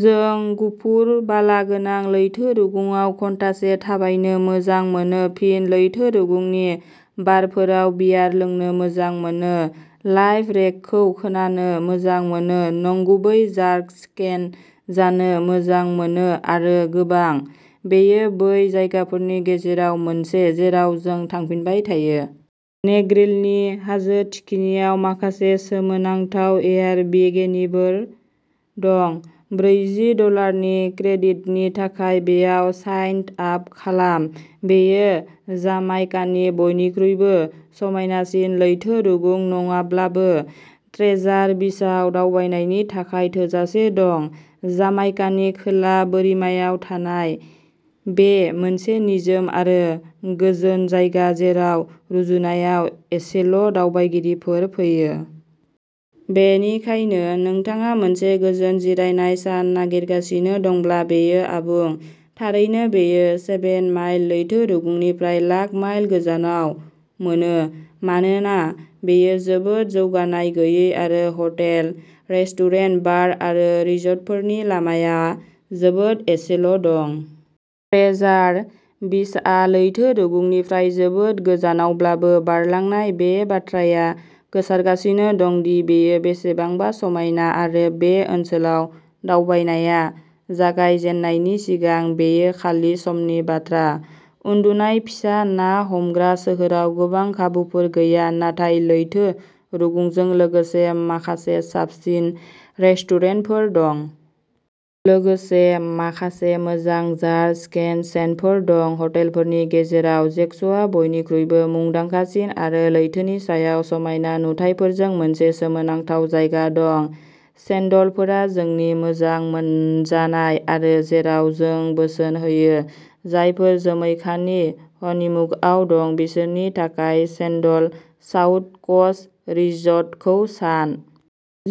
जों गुफुर बालागोनां लैथो रुगुंआव घन्टासे थाबायनो मोजां मोनो फिन लैथो रुगुंनि बारफोराव बियार लोंनो मोजां मोनो। लाइभ रेगेखौ खोनानो मोजां मोनो नंगुबै जार्क चिकेन जानो मोजां मोनो आरो गोबां। बेयो बै जायगाफोरनि गेजेराव मोनसे जेराव जों थांफिनबाय थायो। नेग्रिलनि हाजो थिखिनियाव माखासे सोमोनांथाव एयारबिएनबिफोर दं। ब्रैजि डलारनि क्रेडिटनि थाखाय बेयाव साइन आप खालाम। बेयो जामाइकानि बयनिख्रुइबो समायनासिन लैथो रुगुं नङाब्लाबो ट्रेजार बीचआव दावबायनायनि थाखाय थोजासे दं। जामाइकानि खोला बोरिमायाव थानाय बे मोनसे निजोम आरो गोजोन जायगा जेराव रुजुनायाव एसेल' दावबायारिफोर फैयो। बेनिखायनो नोंथाङा मोनसे गोजोन जिरायनाय सान नागिरगासिनो दंब्ला बेयो आबुं। थारैनो, बेयो सेभेन माइल लैथो रुगुंनिफ्राय लाख माइल गोजानाव मोनो। मानोना बेयो जोबोद जौगानाय गैयै आरो हटेल, रेस्टुरेन्ट, बार आरो रिसर्टफोरनि लामाया जोबोद एसेल' दं। ट्रेजार बीचआ लैथो रुगुंनिफ्राय जोबोद गोजानावब्लाबो बारलांनाय बे बाथ्राया गोसारगासिनो दं दि बेयो बेसेबां समायना आरो बे ओनसोलाव दावबायनाया जागाय जेननायनि सिगां बेयो खालि समनि बाथ्रा। उन्दुनाय फिसा ना हमग्रा सोहोराव गोबां खाबुफोर गैया, नाथाय लैथो रुगुंजों लोगोसे माखासे साबसिन रेस्टुरेन्टफोर दं। लोगोसे माखासे मोजां जार्क चिकेन स्टेन्डफोर दं हटेलफोरनि गेजेराव। जेकसआ बयनिख्रुइबो मुंदांखासिन आरो लैथोनि सायाव समायना नुथायफोरजों मोनसे सोमोनांथाव जायगा दं। सेन्डलफोरा जोंनि मोजां मोनजानाय आरो जेराव जों बोसोन होयो। जायफोरा जमैकानि हनिमुनआव दं बिसोरनि थाखाय सेन्डल साउथ क'स्ट रिसर्टखौ सान।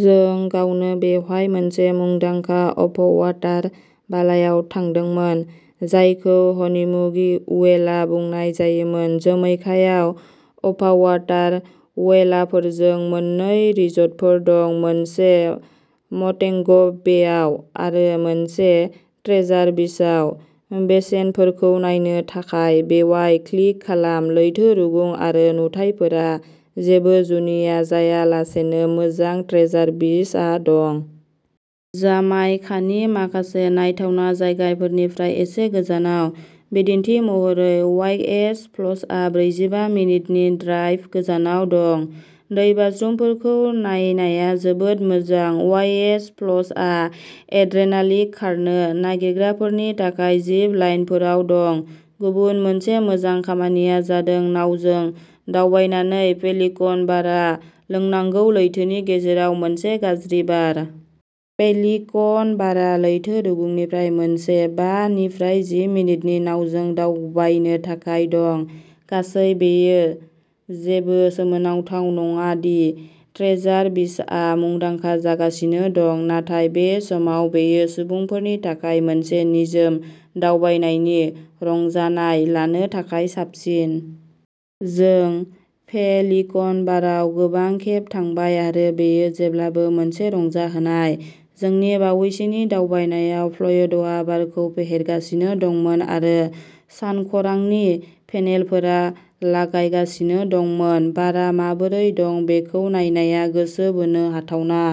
जों गावनो बेवहाय मोनसे मुंदांखा अभारवाटार बांलायाव थादोंमोन। जायखौ हनिमुन विला बुंनाय जायोमोन। जमैकायाव अभारवाटार विलाफोरजों मोन्नै रिसर्टफोर दं मोनसे मन्टेग'बेआव आरो मोनसे ट्रेजार बीचआव। बेसेनफोरखौ नायनो थाखाय बेयाव क्लिक खालाम। लैथो रुगुं आरो नुथायफोरा जेबो जुनिया जायालासेनो मोजां ट्रेजार बीचआ दं। जामाइकानि माखासे नायथावना जायगाफोरनिफ्राय एसे गोजानाव। बिदिन्थि महरै, वाइएस फल्सआ ब्रैजिबा मिनिटनि ड्राइभ गोजानाव दं। दैबाज्रुमफोरखौ नायनाया जोबोद मोजां वाइएस फल्सआव एड्रेनालिन खारनो नागिरग्राफोरनि थाखाय जिप लाइनफोरबो दं। गुबुन मोनसे मोजां खामानिआ जादों नावजों दावबायनानै पेलिकन बारआव लोंनांगौ लैथोनि गेजेराव मोनसे गाज्रि बार। पेलिकन बारआ लैथो रुगुंनिफ्राय मोनसे बा निफ्राय जि मिनिटनि नावजों दावबायनो थाखाय दं। गासै बेयो जेबो सोमोनांथाव नङा दि ट्रेजार बीचआ मुंदांखा जागासिनो दं। नाथाय बे समाव बेयो सुबुंफोरनि थाखाय मोनसे निजोम दावबायनायनि रंजानाय लानो थाखाय साबसिन। जों पेलिकन बारआव गोबां खेब थांबाय आरो बेयो जेब्लाबो मोनसे रंजाहोनाय। जोंनि बावैसोनि दावबायनायाव फ्लयडआ बारखौ फेहेरगासिनो दंमोन आरो सानखरांनि पेनेलफोर लागायगासिनो दंमोन। बारआ माबोरै दं बेखौ नायनाया गोसो बोनो हाथावना।